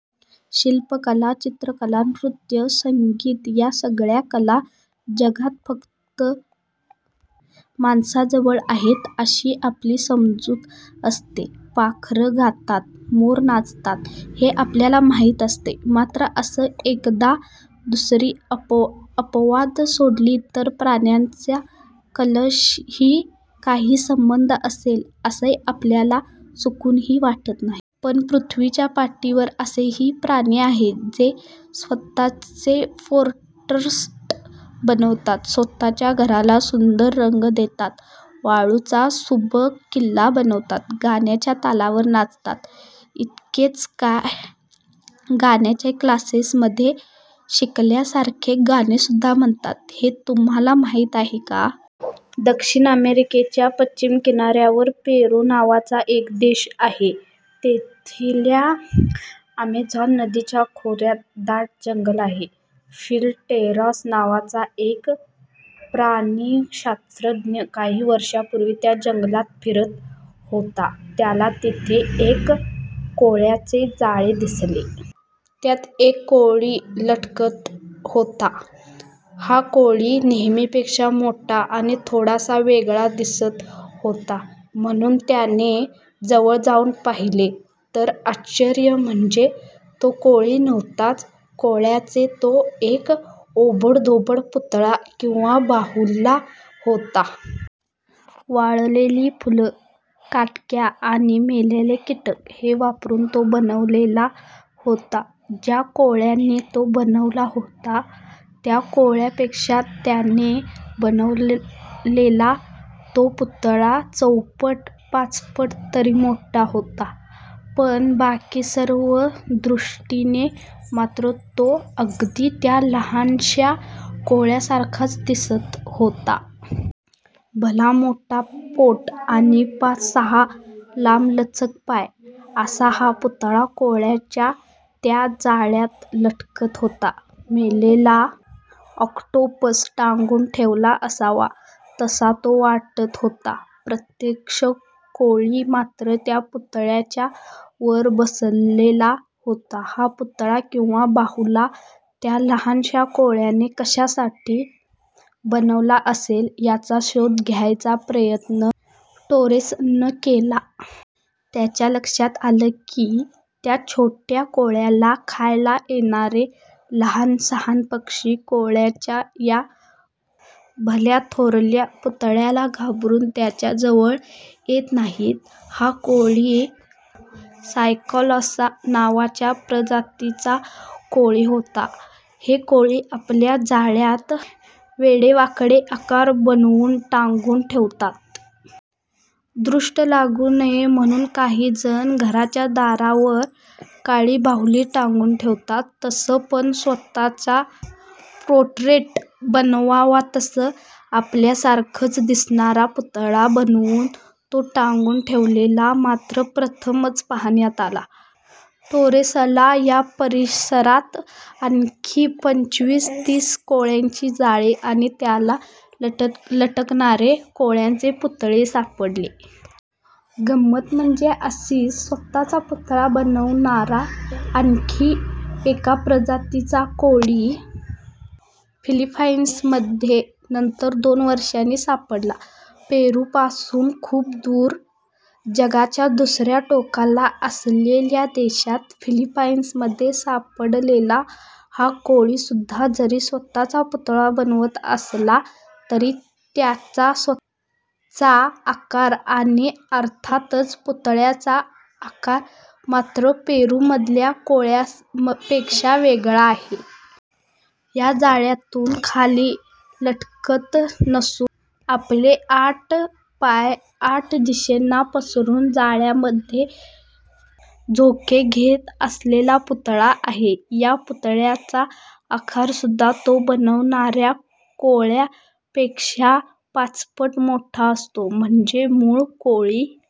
शिल्पकला, चित्रकला, नृत्य, संगीत या सगळ्या कला जगात फक्त माणसाजवळ आहेत अशी आपली समजूत असते. पाखरं गातात, मोर नाचतात हे आपल्याला माहीत असतं. मात्र असा एखाद-दुसरा अपवाद सोडला तर प्राण्यांचा कलेशी काही संबंध असेल असं आपल्याला चुकूनही वाटत नाही. पण पृथ्वीच्या पाठीवर असेही प्राणी आहेत, जे स्वतःचं पोर्ट्रेट बनवतात, स्वतःच्या घराला सुंदर रंग देतात, वाळूचा सुबक किल्ला बांधतात, गाण्याच्या तालावर नाचतात, इतकंच काय, गाण्याच्या क्लासमध्ये शिकल्यासारखं गाणंसुद्धा म्हणतात, हे तुम्हांला माहीत आहे का? दक्षिण अमेरिकेच्या पश्चिम किनाऱ्यावर पेरू नावाचा एक देश आहे. तिथल्या अमेझॉन नदीच्या खोऱ्यात दाट जंगल आहे. फिल टोरेस नावाचा एक प्राणिशास्त्रज्ञ काही वर्षांपूर्वी त्या जंगलात फिरत होता. त्याला तिथे एक कोळ्याचं जाळं दिसलं. त्यात एक कोळी लटकत होता. हा कोळी नेहमीपेक्षा मोठा आणि थोडासा वेगळा दिसत होता, म्हणून त्याने जवळ जाऊन पाहिलं तर आश्चर्य म्हणजे तो कोळी नव्हताच. कोळ्याचा तो एक ओबडधोबड पुतळा किंवा बाहुला होता. वाळलेली फुलं, काटक्या आणि मेलेले कीटक हे वापरून तो बनवलेला होता. ज्या कोळ्याने तो बनवला होता, त्या कोळ्यापेक्षा त्याने बनवलेला तो पुतळा चौपट-पाचपट तरी मोठा होता. पण बाकी सर्व दृष्टींनी मात्र तो अगदी त्या लहानशा कोळ्यासारखाच दिसत होता. भलंमोठं पोट आणि पाच-सहा लांबलचक पाय, असा हा पुतळा कोळ्याच्या त्या जाळ्यात लटकत होता. मेलेला ऑक्टोपस टांगून ठेवला असावा, तसा तो वाटत होता. प्रत्यक्ष कोळी मात्र त्या पुतळ्याच्या वर बसलेला होता. हा पुतळा किंवा बाहुला त्या लहानशा कोळ्याने कशासाठी बनवला असेल याचा शोध घ्यायचा प्रयत्न टोरेसनं केला. त्याच्या लक्षात आलं की, त्या छोट्या कोळ्याला खायला येणारे लहान-सहान पक्षी कोळ्याच्या या भल्याथोरल्या पुतळ्याला घाबरून त्याच्याजवळ येत नाहीत. हा कोळी सायक्लोसा नावाच्या प्रजातीचा कोळी होता. हे कोळी आपल्या जाळ्यात वेडेवाकडे आकार बनवून टांगून ठेवतात. दृष्ट लागू नये म्हणून काहीजण घराच्या दारावर काळी बाहुली टांगून ठेवतात, तसं! पण स्वतःचं पोर्ट्रेट बनवावं तसं आपल्यासारखाच दिसणारा पुतळा बनवून तो टांगून ठेवलेला मात्र प्रथमच पाहण्यात आला. टोरेसला या परिसरात आणखी पंचवीस-तीस कोळ्यांची जाळी आणि त्याला लटकणारे कोळ्यांचे पुतळे सापडले. गंमत म्हणजे असाच स्वतःचा पुतळा बनवणारा आणखी एका प्रजातीचा कोळी फिलिपाइन्समध्ये नंतर दोन वर्षांनी सापडला. पेरूपासून खूप दूर, जगाच्या दुसऱ्या टोकाला असलेल्या देशात. फिलिपाइन्समध्ये सापडलेला हा कोळीसुद्धा जरी स्वतःचा पुतळा बनवत असला तरी त्याचा स्वतःचा आकार आणि अर्थातच पुतळ्याचा आकार मात्र पेरूमधल्या कोळ्यापेक्षा वेगळा आहे. हा जाळ्यातून खाली लटकत नसून आपले आठ पाय आठ दिशांना पसरून जाळ्यामध्ये झोके घेत असलेला पुतळा आहे. या पुतळ्याचा आकारसुद्धा तो बनवणाऱ्या कोळ्यापेक्षा पाचपट मोठा असतो. म्हणजे मूळ कोळी